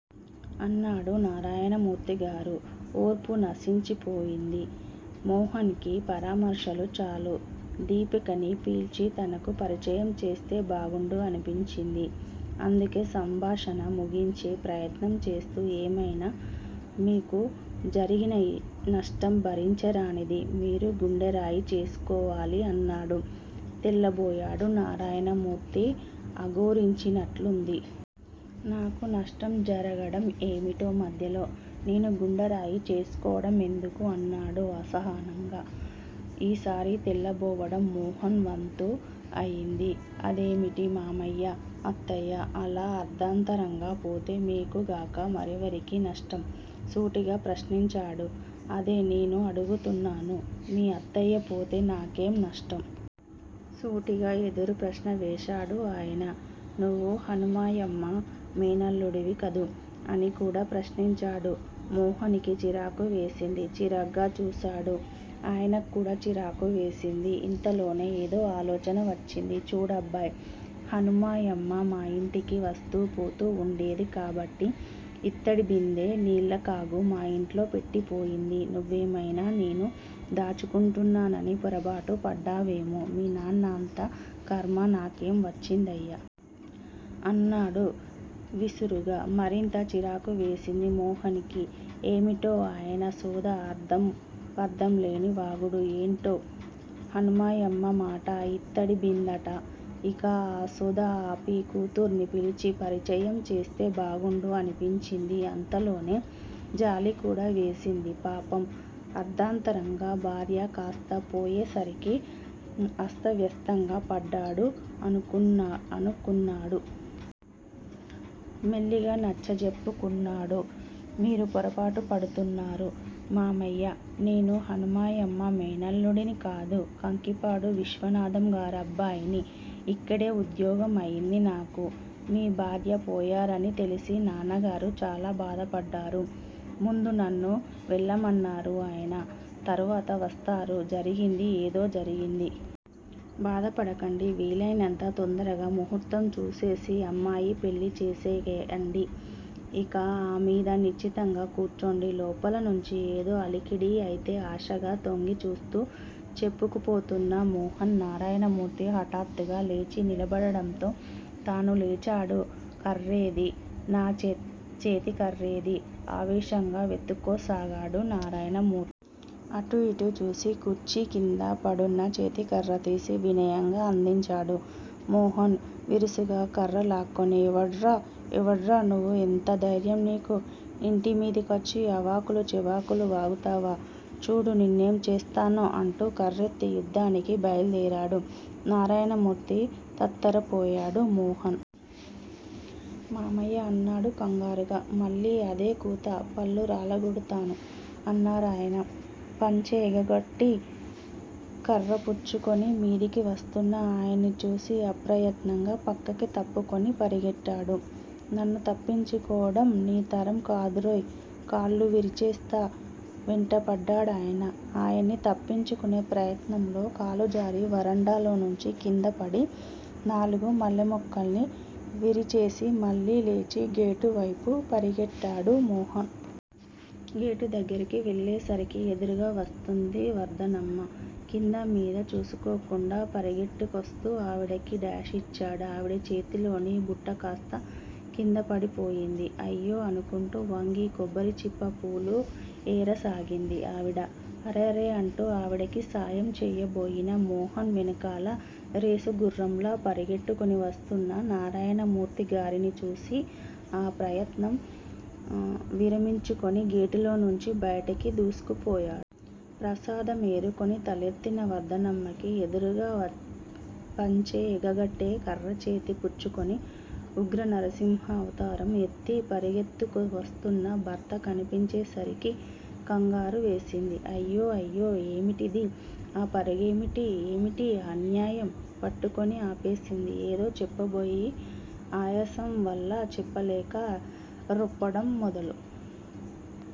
అన్నాడు నారాయణమూర్తి గారు. ఓర్పు నశించిపోతోంది మోహన్ కి పరామర్శలు చాలు దీపికని పిల్చి తనకు పరిచయం చేస్తే బాగుండు అనిపించింది. అందుకే సంభాషణ ముగించే ప్రయత్నం చేస్తూ ఏమైనా మీకు జరిగిన నష్టం భరించరానిది మీరు గుండె రాయి చేసుకోవాలి అన్నాడు. తెల్లబోయాడు నారాయణమూర్తి అఘోరించినట్లు ఉంది. నాకు నష్టం జరగడం ఏమిటి మధ్యలో? నేను గుండెరాయి చేసుకోడం ఎందుకూ? అన్నాడు అసహనంగా. ఈసారి తెల్లబోవడం మోహన్ వంతు అయింది. అదేమిటి మామయ్యా అత్తయ్య అలా అర్ధాంతరంగా పోతే మీకు గాక మరెవరికి నష్టం? సూటిగా ప్రశ్నించాడు. అదే నేనూ అడుగుతున్నాను. మీ అత్తయ్య పోతే నాకేం నష్టం? సూటిగా ఎదురు ప్రశ్న వేశాడు ఆయన. నువ్వు హనుమాయమ్మ మేనల్లుడివి కదూ! అని కూడా ప్రశ్నించాడు. మోహన్ కి చిరాకు వేసింది చిరాగ్గా చూశాడు ఆయనక్కూడా చిరాకు వేసింది. ఇంతలోనే ఏదో ఆలోచన వచ్చింది. చూడబ్బాయ్ హనుమాయమ్మా మా యింటికి వస్తూ పోతూ ఉండేది కాబట్టి యిత్తడి బిందే నీళ్ళకాగూ మా ఇంట్లో పెట్టిపోయింది నువ్వేమైనా నేను దాచుకుంటానని పొరబాటు పడ్డాడేమో మీ నాన్నా అంత ఖర్మ నాకేం వచ్చిదయ్యా! అన్నాడు విసురుగా. మరింత చిరాకువేసింది మోహన్ కి. ఏమిటో ఆయనసోద అర్ధం పర్ధంలేని వాగుడు. ఏంటో హనుమాయమ్మట. యిత్తడి బిందెట యిక ఆ సోద ఆపి కూతుర్ని పిలిచి పరిచయం చేస్తే బాగుండు అనిపించింది. అంతలోనే జాలి కూడా వేసింది పాపం అర్ధంతరంగా భార్య కాస్తా పోయే సరికి అస్తవ్యస్తంగా పడ్డాడు అనుకున్నాడు. మెల్లిగా నచ్చచెప్పబూనుకున్నాడు. మీరు పొరబాటు పడుతున్నారు మామయ్యా నేను హనుమాయమ్మ మేనల్లుడిని కాదు కంకిపాడు విశ్వనాధంగారి అబ్బాయిని యిక్కడే ఉద్యోగం అయింది నాకు. మీ భార్య పోయారని తెలిసి నాన్నగారు చాలా బాధపడ్డారు. ముందు నన్ను వెళ్ళమన్నారు ఆయన తర్వాత వస్తారు జరిగింది ఏదో జరిగింది. బాధపడకండి వీలైనంత తొందరగా ముహూర్తం చూసేసి అమ్మాయి పెళ్ళి చేసెయ్యండి. యిక ఆ మీద నిశ్చింతగా కూర్చోండి లోపలినుంచి ఏదో అలికిడి అయితే ఆశగా తొంగి చూస్తూ చెప్పుకుపోతున్న మోహన్ నారాయణమూర్తి హఠాత్తుగా లేచి నిలబడటంతో తనూ లేచాడు. కర్రేది? నా చేతికర్రేది? ఆవేశంగా వెతుక్కోసాగాడు నారాయణమూర్తి. అటూ యిటూ చూసి కుర్చీకింద పడున్న చేతికర్ర తీసి వినయంగా అందించాడు మోహన్. విసురుగా కర్ర లాక్కుని ఎవడ్రా? ఎవడ్రా నువ్వు ఎంతధైర్యం నీకు? ఇంటి మీదికొచ్చి ఆవాకులూ చెవాకులూ వాగుతావా? చూడు నిన్నేం చేస్తానో! అంటూ కర్రెత్తి యుద్ధానికి బయలుదేరాడు నారాయణమూర్తి. తత్తరపోయాడు మోహన్. మామయ్యా! అన్నాడు కంగారుగా. మళ్ళీ అదే కూత పళ్ళు రాలగోడతాను అన్నారాయన. పంచె ఎగగట్టి కర్ర పుచ్చుకుని మీదికి వస్తున్న ఆయన్ని చూసి అప్రయత్నంగా పక్కకి తప్పుకుని పరిగెట్టాడు. నన్ను తప్పించుకోవడం నీ తరం కాదురోయ్ కాళ్ళు విరిచేస్తా! వెంటపడ్డాయన. ఆయన్ని తప్పించుకునే ప్రయత్నంలో కాలుజారి వరండాలోంచి కిందపడి నాలుగు మల్లెమొక్కలను విరిచేసి మళ్ళీ లేచి గేటువైపు పరిగెట్టాడు మోహన్. గేటు దగ్గరకు వెళ్ళేసరికి ఎదురుగా వస్తుంది వర్ధనమ్మ. కిందా మీదా చూసుకోకుండా పరిగెట్టుకొస్తూ ఆవిడకి డాష్ ఇచ్చాడు. ఆవిడ చేతిలోని బుట్టకాస్తా కిందపడిపోయింది. అయ్యో అనుకుంటూ వంగి కొబ్బరిచిప్ప పూలు ఏరసాగింది ఆవిడ. అరెరె అంటూ ఆవిడకి సాయం చెయ్యబోయిన మోహన్ వెనకాల రేసుగుర్రంలా పరిగెట్టుకుని వస్తున్న నారాయణమూర్తిగారిని చూసి ఆ ప్రయత్నం విరమించుకుని గేటులోంచి బయటికి దూసుకుపోయాడు. ప్రసాదం ఏరుకుని తలెత్తిన వర్ధనమ్మకి ఎదురుగా పంచె ఎగగట్టి కర్ర చేతి పుచ్చుకుని ఉగ్రనరసింహావతారం ఎత్తి పరిగెత్తుకువస్తున్న భర్త కనిపించేసరికి కంగారు వేసింది. అయ్యో! అయ్యో! ఏమిటిది? ఆ పరుగేమిటి? ఏమిటీ అన్యాయం? పట్టుకుని ఆపేసింది. ఏదో చెప్పబోయి ఆయాసం వల్ల చెప్పలేక రొప్పడం మొదలు